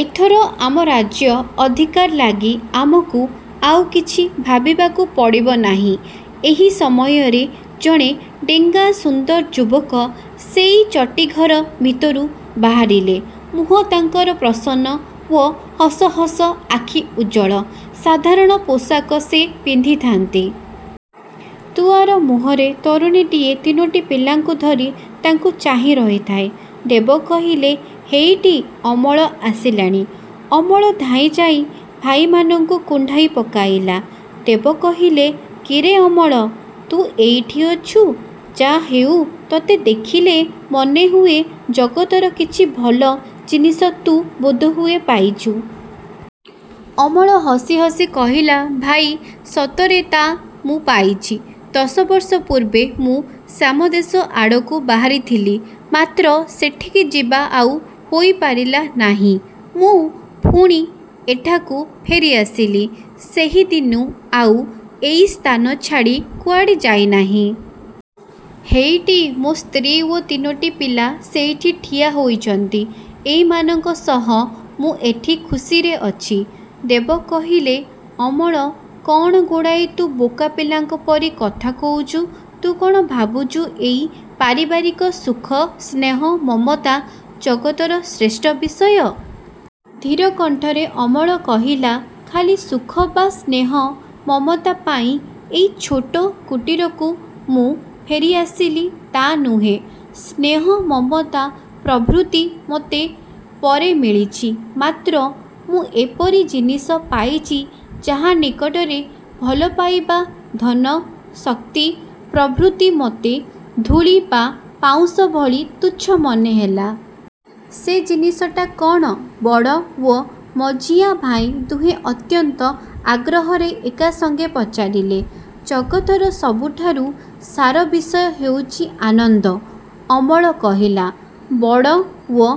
ଏଥର ଆମ ରାଜ୍ୟ ଅଧିକାର ଲାଗି ଆମକୁ ଆଉ କିଛି ଭାବିବାକୁ ପଡ଼ିବ ନାହିଁ। ଏହି ସମୟରେ ଜଣେ ଡେଙ୍ଗା ସୁନ୍ଦର ଯୁବକ ସେଇ ଚଟିଘର ଭିତରୁ ବାହାରିଲେ। ମୁହଁ ତାଙ୍କର ପ୍ରସନ୍ନ ଓ ହସ ହସ, ଆଖି ଉଜ୍ଜ୍ୱଳ। ସାଧାରଣ ପୋଷାକ ସେ ପିନ୍ଧିଥାନ୍ତି। ଦୁଆର ମୁହଁରେ ତରୁଣୀଟିଏ ତିନୋଟି ପିଲାଙ୍କୁ ଧରି ତାଙ୍କୁ ଚାହିଁ ରହିଥାଏ। ଦେବ କହିଲେ, ହେଇଟି ଅମଳ ଆସିଲାଣି। ଅମଳ ଧାଇଁ ଯାଇ ଭାଇମାନଙ୍କୁ କୁଣ୍ଢାଇ ପକାଇଲା। ଦେବ କହିଲେ, କିରେ ଅମଳ, ତୁ ଏଇଠି ଅଛୁ। ଯା ହେଉ, ତୋତେ ଦେଖିଲେ ମନେହୁଏ ଜଗତର କିଛି ଭଲ ଜିନିଷ ତୁ ବୋଧହୁଏ ପାଇଛୁ। ଅମଳ ହସି ହସି କହିଲା, ଭାଇ, ସତରେ ତା ମୁଁ ପାଇଛି। ଦଶ ବର୍ଷ ପୂର୍ବେ ମୁଁ ଶ୍ୟାମଦେଶ ଆଡ଼କୁ ବାହାରିଥିଲି; ମାତ୍ର ସେଠିକି ଯିବା ଆଉ ହୋଇପାରିଲା ନାହିଁ। ମୁଁ ପୁଣି ଏଠାକୁ ଫେରିଆସିଲି। ସେହିଦିନୁ ଆଉ ଏଇ ସ୍ଥାନ ଛାଡ଼ି କୁଆଡ଼େ ଯାଇନାହିଁ। ହେଇଟି, ମୋ ସ୍ତ୍ରୀ ଓ ତିନୋଟି ପିଲା ସେଇଠି ଠିଆ ହୋଇଛନ୍ତି। ଏଇମାନଙ୍କ ସହ ମୁଁ ଏଠି ଖୁସିରେ ଅଛି। ଦେବ କହିଲେ, ଅମଳ, କ'ଣ ଗୁଡ଼ାଏ ତୁ ବୋକା ପିଲାଙ୍କ ପରି କଥା କହୁଛୁ? ତୁ କ'ଣ ଭାବୁଛୁ ଏଇ ପାରିବାରିକ ସୁଖ, ସ୍ନେହ, ମମତା ଜଗତର ଶ୍ରେଷ୍ଠ ବିଷୟ। ଧୀର କଣ୍ଠରେ ଅମଳ କହିଲା, ଖାଲି ସୁଖ ବା ସ୍ନେହ ମମତା ପାଇଁ ଏଇ ଛୋଟ କୁଟିରକୁ ମୁଁ ଫେରିଆସିଲି ତା' ନୁହେଁ। ସ୍ନେହ, ମମତା ପ୍ରଭୃତି ମୋତେ ପରେ ମିଳିଛି; ମାତ୍ର ମୁଁ ଏପରି ଜିନିଷ ପାଇଛି, ଯାହା ନିକଟରେ ଭଲପାଇବା, ଧନ, ଶକ୍ତି ପ୍ରଭୃତି ମୋତେ ଧୂଳି ବା ପାଉଁଶ ଭଳି ତୁଚ୍ଛ ମନେହେଲା। ସେ ଜିନିଷଟା କ'ଣ? ବଡ଼ ଓ ମଝିଆଁ ଭାଇ ଦୁହେଁ ଅତ୍ୟନ୍ତ ଆଗ୍ରହରେ ଏକା ସଙ୍ଗେ ପଚାରିଲେ। ଜଗତର ସବୁଠାରୁ ସାର ବିଷୟ ହେଉଛି ଆନନ୍ଦ, ଅମଳ କହିଲା। ବଡ଼ ଓ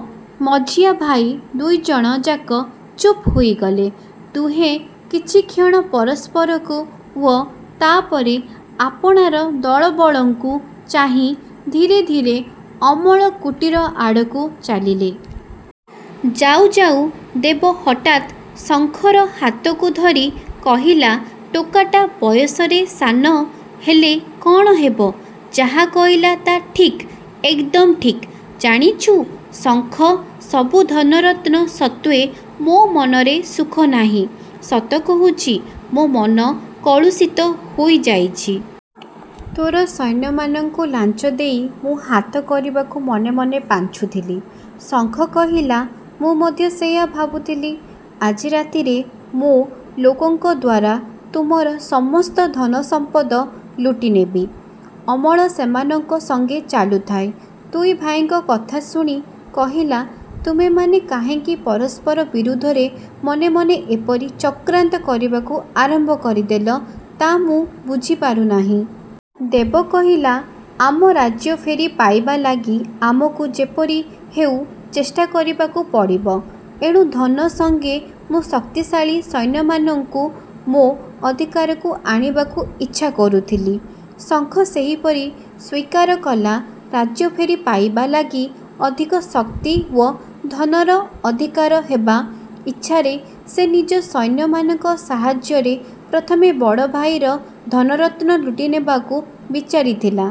ମଝିଆ ଭାଇ ଦୁଇଜଣ ଯାକ ଚୁପ୍ ହୋଇଗଲେ। ଦୁହେଁ କିଛିକ୍ଷଣ ପରସ୍ପରକୁ ଓ ତା'ପରେ ଆପଣାର ଦଳବଳଙ୍କୁ ଚାହିଁ ଧୀରେ ଧୀରେ ଅମଳ କୁଟୀର ଆଡ଼କୁ ଚାଲିଲେ। ଯାଉ ଯାଉ ଦେବ ହଠାତ୍ ଶଙ୍ଖର ହାତକୁ ଧରି କହିଲା, ଟୋକାଟା ବୟସରେ ସାନ ହେଲେ କ'ଣ ହେବ, ଯାହା କହିଲା ତା ଠିକ୍, ଏକଦମ୍ ଠିକ୍। ଜାଣିଛୁ ଶଙ୍ଖ, ସବୁ ଧନରତ୍ନ ସତ୍ତ୍ୱେ ମୋ ମନରେ ସୁଖ ନାହିଁ। ସତ କହୁଛି ମୋ ମନ କଳୁଷିତ ହୋଇଯାଇଛି। ତୋର ସୈନ୍ୟମାନଙ୍କୁ ଲାଞ୍ଚ ଦେଇ ମୁଁ ହାତ କରିବାକୁ ମନେ ମନେ ପାଞ୍ଚୁଥିଲି। ଶଙ୍ଖ କହିଲା, ମୁଁ ମଧ୍ୟ ସେଇଆ ଭାବୁଥିଲି। ଆଜି ରାତିରେ ମୋ ଲୋକଙ୍କ ଦ୍ୱାରା ତୁମର ସମସ୍ତ ଧନ ସମ୍ପଦ ଲୁଟିନେବି। ଅମଳ ସେମାନଙ୍କ ସଙ୍ଗେ ଚାଲୁଥାଏ। ଦୁଇ ଭାଇଙ୍କ କଥା ଶୁଣି କହିଲା, ତୁମେମାନେ କାହିଁକି ପରସ୍ପର ବିରୁଦ୍ଧରେ ମନେ ମନେ ଏପରି ଚକ୍ରାନ୍ତ କରିବାକୁ ଆରମ୍ଭ କରିଦେଲ ତା' ମୁଁ ବୁଝିପାରୁନାହିଁ। ଦେବ କହିଲା, ଆମ ରାଜ୍ୟ ଫେରି ପାଇବା ଲାଗି ଆମକୁ ଯେପରି ହେଉ ଚେଷ୍ଟା କରିବାକୁ ପଡ଼ିବ। ଏଣୁ ଧନ ସଙ୍ଗେ ମୁଁ ଶକ୍ତିଶାଳୀ ସୈନ୍ୟମାନଙ୍କୁ ମୋ ଅଧିକାରକୁ ଆଣିବାକୁ ଇଚ୍ଛା କରୁଥିଲି। ଶଙ୍ଖ ସେହିପରି ସ୍ୱୀକାର କଲା, ରାଜ୍ୟ ଫେରି ପାଇବା ଲାଗି ଅଧିକ ଶକ୍ତି ଓ ଧନର ଅଧିକାରୀ ହେବା ଇଚ୍ଛାରେ ସେ ନିଜ ସୈନ୍ୟମାନଙ୍କ ସାହାଯ୍ୟରେ ପ୍ରଥମେ ବଡ଼ ଭାଇଙ୍କର ଧନରତ୍ନ ଲୁଟିନେବାକୁ ବିଚାରି ଥିଲା।